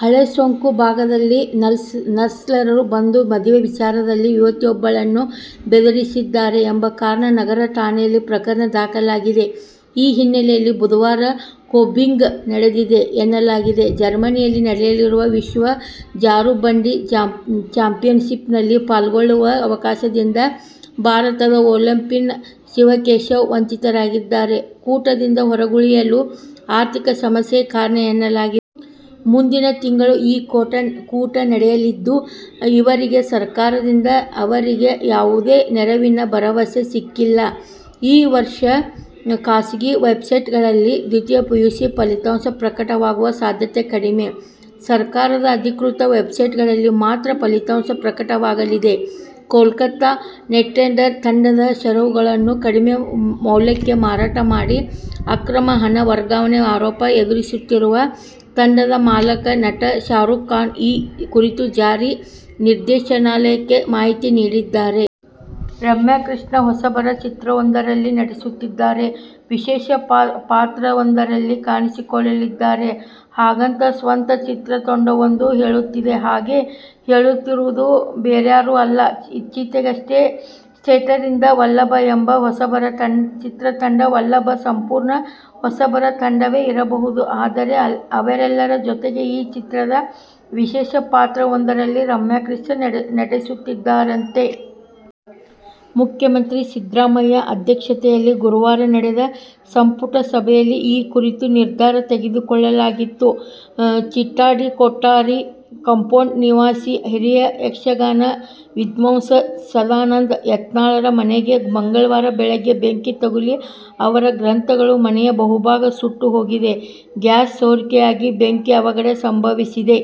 ಹಳೇಸುಂಕ ಭಾಗದಲ್ಲಿ ನಕ್ಸಲರು ಬಂದು, ಮದುವೆ ವಿಚಾರದಲ್ಲಿ ಯುವತಿಯೊಬ್ಬಳನ್ನು ಬೆದರಿಸಿದ್ದಾರೆ ಎಂಬ ಕಾರಣ ನಗರ ಠಾಣೆಯಲ್ಲಿ ಪ್ರಕರಣ ದಾಖಲಾಗಿದೆ. ಈ ಹಿನ್ನೆಲೆಯಲ್ಲಿ ಬುಧವಾರ ಕೂಂಬಿಂಗ್ ನಡೆದಿದೆ ಎನ್ನಲಾಗಿದೆೆ. ಜರ್ಮನಿಯಲ್ಲಿ ನಡೆಯಲಿರುವ ವಿಶ್ವ ಜಾರುಬಂಡಿ ಚಾಂಪಿಯನ್ಶಿಪ್ನಲ್ಲಿ ಪಾಲ್ಗೊಳ್ಳುವ ಅವಕಾಶದಿಂದ ಭಾರತದ ಒಲಿಂಪಿಯನ್ ಶಿವಕೇಶವನ್ ವಂಚಿತರಾಗಿದ್ದಾರೆ. ಕೂಟದಿಂದ ಹೊರಗುಳಿಯಲು ಆರ್ಥಿಕ ಸಮಸ್ಯೆಯೇ ಕಾರಣ ಎನ್ನಲಾಗಿದೆ. ಮುಂದಿನ ತಿಂಗಳು ಈ ಕೂಟ ನಡೆಯಲಿದ್ದು, ಈವರೆಗೆ ಸರಕಾರದಿಂದ ಅವರಿಗೆ ಯಾವುದೇ ನೆರವಿನ ಭರವಸೆ ಸಿಕ್ಕಿಲ್ಲ. ಈ ವರ್ಷ ಖಾಸಗಿ ವೆಬ್ಸೈಟ್ಗಳಲ್ಲಿ ದ್ವಿತೀಯ ಪಿಯುಸಿ ಫಲಿತಾಂಶ ಪ್ರಕಟವಾಗುವ ಸಾಧ್ಯತೆ ಕಡಿಮೆ. ಸರ್ಕಾರದ ಅಧಿಕೃತ ವೆಬ್ಸೈಟ್ಗಳಲ್ಲಿ ಮಾತ್ರ ಫಲಿತಾಂಶ ಪ್ರಕಟವಾಗಲಿದೆ. ಕೋಲ್ಕತಾ ನೈಟ್ರೈಡರ್ ತಂಡದ ಷೇರುಗಳನ್ನು ಕಡಿಮೆ ಮೌಲ್ಯಕ್ಕೆ ಮಾರಾಟ ಮಾಡಿ ಅಕ್ರಮ ಹಣ ವರ್ಗಾವಣೆ ಆರೋಪ ಎದುರಿಸುತ್ತಿರುವ ತಂಡದ ಮಾಲಕ, ನಟ ಶಾರುಖ್ ಖಾನ್ ಈ ಕುರಿತು ಜಾರಿ ನಿರ್ದೇಶನಾಲಯಕ್ಕೆ ಮಾಹಿತಿ ನೀಡಿದ್ದಾರೆ. ರಮ್ಯಾ ಕೃಷ್ಣ ಹೊಸಬರ ಚಿತ್ರವೊಂದರಲ್ಲಿ ನಟಿಸುತ್ತಿದ್ದಾರೆ, ವಿಶೇಷ ಪಾತ್ರವೊಂದರಲ್ಲಿ ಕಾಣಿಸಿಕೊಳ್ಳಲಿದ್ದಾರೆ. ಹಾಗಂತ ಸ್ವತಃ ಚಿತ್ರತಂಡವೊಂದು ಹೇಳುತ್ತಿದೆ. ಹಾಗೆ ಹೇಳುತ್ತಿರುವುದು ಬೇರ್ಯಾರೋ ಅಲ್ಲ, ಇತ್ತೀಚೆಗಷ್ಟೇ ಸೆಟ್ಟೇರಿದ "ವಲ್ಲಭ' ಎಂಬ ಹೊಸಬರ ಚಿತ್ರತಂಡ. "ವಲ್ಲಭ' ಸಂಪೂರ್ಣ ಹೊಸಬರ ತಂಡವೇ ಇರಬಹುದು. ಆದರೆ, ಅವರೆಲ್ಲರ ಜೊತೆಗೆ ಈ ಚಿತ್ರದ ವಿಶೇಷ ಪಾತ್ರವೊಂದರಲ್ಲಿ ರಮ್ಯಾಕೃಷ್ಣ ನಟಿಸುತ್ತಿದ್ದಾರಂತೆ. ಮುಖ್ಯಮಂತ್ರಿ ಸಿದ್ದರಾಮಯ್ಯ ಅಧ್ಯಕ್ಷತೆಯಲ್ಲಿ ಗುರುವಾರ ನಡೆದ ಸಂಪುಟ ಸಭೆಯಲ್ಲಿ ಈ ಕುರಿತು ನಿರ್ಧಾರ ತೆಗೆದುಕೊಳ್ಳಲಾಯಿತು. ಚಿಟ್ಟಾಡಿ ಕೊಠಾರಿ ಕಂಪೌಂಡ್ ನಿವಾಸಿ, ಹಿರಿಯ ಯಕ್ಷಗಾನ ವಿದ್ವಾಂಸ ಸದಾನಂದ ಐತಾಳರ ಮನೆಗೆ ಮಂಗಳವಾರ ಬೆಳಗ್ಗೆ ಬೆಂಕಿ ತಗುಲಿ ಅವರ ಗ್ರಂಥಗಳು, ಮನೆಯ ಬಹುಭಾಗ ಸುಟ್ಟು ಹೋಗಿದೆ. ಗ್ಯಾಸ್ ಸೋರಿಕೆಯಾಗಿ ಬೆಂಕಿ ಅವಘಡ ಸಂಭವಿಸಿದೆ.